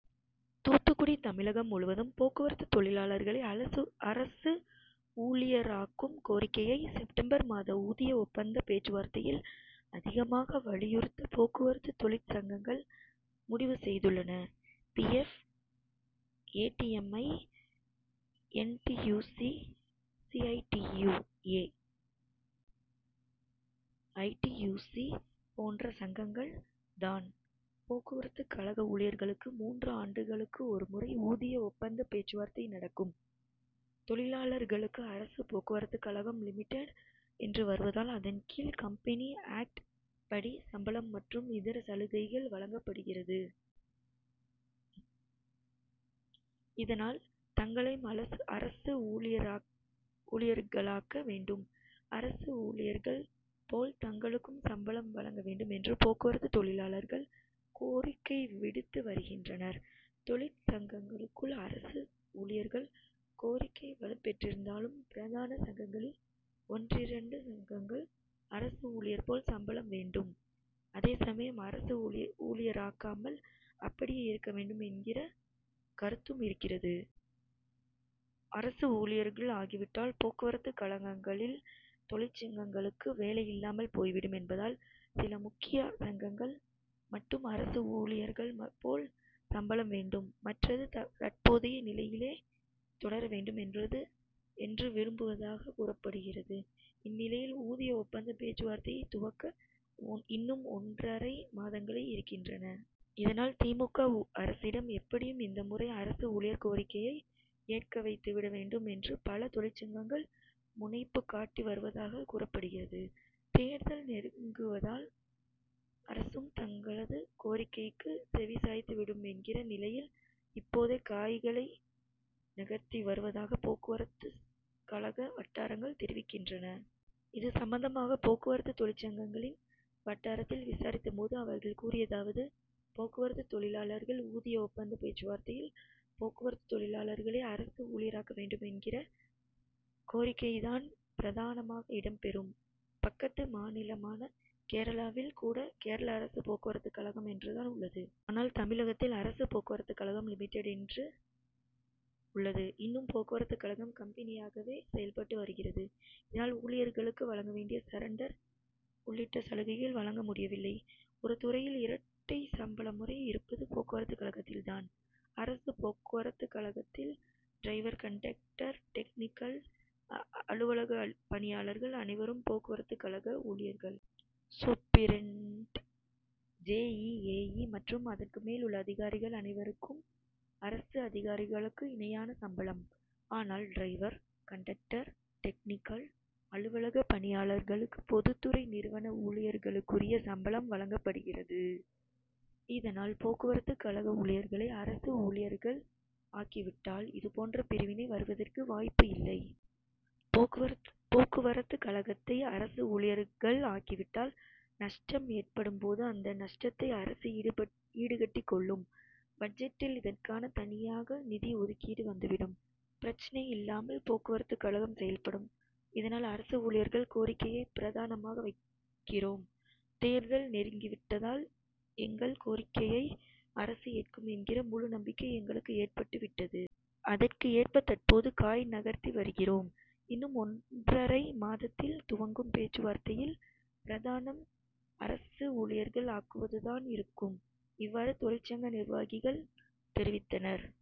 தூத்துக்குடி தமிழகம் முழுவதும் போக்குவரத்து தொழிலாளர்களை அரசு ஊழியராக்கும் கோரிக்கையை செப்டம்பர் மாத ஊதிய ஒப்பந்த பேச்சுவார்த்தையில் அதிகமாக வலியுறுத்த போக்குவரத்து தொழிற்சங்கங்கள் முடிவு செய்துள்ளன. P. F, A. T. M, I. N. T. U. C, C. I. T. U, A. I. T. U. C போன்ற சங்கங்கள் தான். போக்குவரத்துகழக ஊழியர்களுக்கு மூன்று ஆண்டுகளுக்கு ஒரு முறை ஊதிய ஒப்பந்த பேச்சுவார்த்தை நடக்கும். தொழிலாளர்களுக்கு அரசு போக்குவரத்துகழகம் லிமிடெட் என்று வருவதால் அதன் கீழ் கம்பெனி ஆக்ட் படி சம்பளம் மற்றும் இதர சலுகைகள் வழங்கப்படுகிறது. இதனால் தங்களையும் அரசு ஊழியர்களாக்க வேண்டும். அரசு ஊழியர்கள் போல் தங்களுக்கும் சம்பளம் வழங்க வேண்டும் என்று போக்குவரத்து தொழிலாளர்கள் கோரிக்கை விடுத்து வருகின்றனர். தொழிற்சங்கங்களுக்குள் அரசு ஊழியர்கள் கோரிக்கை வலுப்பெற்றிருந்தாலும் பிரதான சங்கங்களில் ஒன்றிரெண்டு சங்கங்கள் அரசு ஊழியர் போல் சம்பளம் வேண்டும். அதே சமயம் அரசு ஊழியராக்காமல் அப்படியே இருக்க வேண்டும் என்கிற கருத்தும் இருக்கிறது. அரசு ஊழியர்கள் ஆகி விட்டால் போக்குவரத்துகழகங்களில் தொழிற்சங்கங்களுக்கு வேலை இல்லாமல் போய்விடும் என்பதால் சில முக்கிய சங்கங்கள் மட்டும் அரசு ஊழியர்கள் போல் சம்பளம் வேண்டும். மற்றது தற்போதைய நிலையிலே தொடர வேண்டும் என்று விரும்புதவாக கூறப்படுகிறது. இந்நிலையில் ஊதிய ஒப்பந்த பேச்சுவார்த்தையை துவக்க இன்னும் ஒன்றரை மாதங்களே இருக்கின்றன. இதனால் திமுக அரசிடம் எப்படியும் இந்த முறை அரசு ஊழியர் கோரிக்கையை ஏற்க வைத்து விட வேண்டும் என்று பல தொழிற்சங்கங்கள் முனைப்புகாட்டி வருவதாக கூறப்படுகிறது. தேர்தல் நெருங்குவதால் அரசும் தங்களது கோரிக்கைக்கு செவிசாய்த்து விடும் என்கிற நிலையில் இப்போதே காய்களை நகர்த்தி வருவதாக போக்குவரத்துகழக வட்டாரங்கள் தெரிவிக்கின்றன. இது சம்பந்தமாக போக்குவரத்து தொழிற்சங்கங்களின் வட்டாரத்தில் விசாரித்த போது அவர்கள் கூறியதாவது போக்குவரத்து தொழிலாளர்கள் ஊதிய ஒப்பந்த பேச்சுவார்த்தையில் போக்குவரத்து தொழிலாளர்களை அரசு ஊழியராக்க வேண்டும் என்கிற கோரிக்கை தான் பிரதானமாக இடம் பெறும். பக்கத்து மாநிலமான கேரளாவில் கூட கேரள அரசு போக்குவரத்துகழகம் என்று தான் உள்ளது. ஆனால் தமிழகத்தில் அரசு போக்குவரத்துகழகம் லிமிடட் என்று உள்ளது. இன்னும் போக்குவரத்துகழகம் கம்பெனியாகவே செயல்பட்டு வருகிறது. இதனால் ஊழியர்களுக்கு வழங்க வேண்டிய சரண்டர் உள்ளிட்ட சலுகைகள் வழங்க முடியவில்லை. ஒரு துறையில் இரட்டை சம்பள முறை இருப்பது போக்குவரத்துகழகத்தில் தான். அரசு போக்குவரத்துகழகத்தில் டிரைவர், கண்டக்டர், டெக்னிக்கல், அலுவலக பணியாளர்கள் அனைவரும் போக்குவரத்துகழக ஊழியர்கள். சூப்பிரெண்ட், ஜெ. இ., ஏ. இ மற்றும் அதற்கு மேல் உள்ள அதிகாரிகள் அனவருக்கும் அரசு அதிகாரிகளுக்கு இணையான சம்பளம். ஆனால் டிரைவர், கண்டக்டர், டெக்னிக்கல், அலுவலக பணியாளர்களுக்கு பொதுத்துறை நிறுவன ஊழியர்களுக்குரிய சம்பளம் வழங்கப்படுகிறது. இதனால் போக்குவரத்துகழக ஊழியர்களை அரசு ஊழியர்கள் ஆக்கிவிட்டால் இதுபோன்ற பிரிவினை வருவதற்கு வாய்ப்பு இல்லை. போக்குவரத்துகழகத்தை அரசு ஊழியர்கள் ஆக்கிவிட்டால் நஷ்டம் ஏற்படும் போது அந்த நஷ்டத்தை அரசு ஈடுகட்டிக் கொள்ளும். பட்ஜெட்டில் இதற்காக தனியாக நிதி ஒதுக்கீடு வந்துவிடும். பிரச்னை இல்லாமல் போக்குவரத்துகழகம் செயல்படும். இதனால் அரசு ஊழியர்கள் கோரிக்கையை பிரதானமாக வைக்கிறோம். தேர்தல் நெருங்கி விட்டதால் எங்கள் கோரிக்கையை அரசு ஏற்கும் என்கிற முழு நம்பிக்கை எங்களுக்கு ஏற்பட்டு விட்டது. அதற்கு ஏற்ப தற்போது காய் நகர்த்தி வருகிறோம். இன்னும் ஒன்றரை மாதத்தில் துவங்கும் பேச்சுவார்த்தையில் பிரதானம் அரசு ஊழியர்கள் ஆக்குவது தான் இருக்கும். இவ்வாறு தொழிற்சங்க நிர்வாகிகள் தெரிவித்தனர்.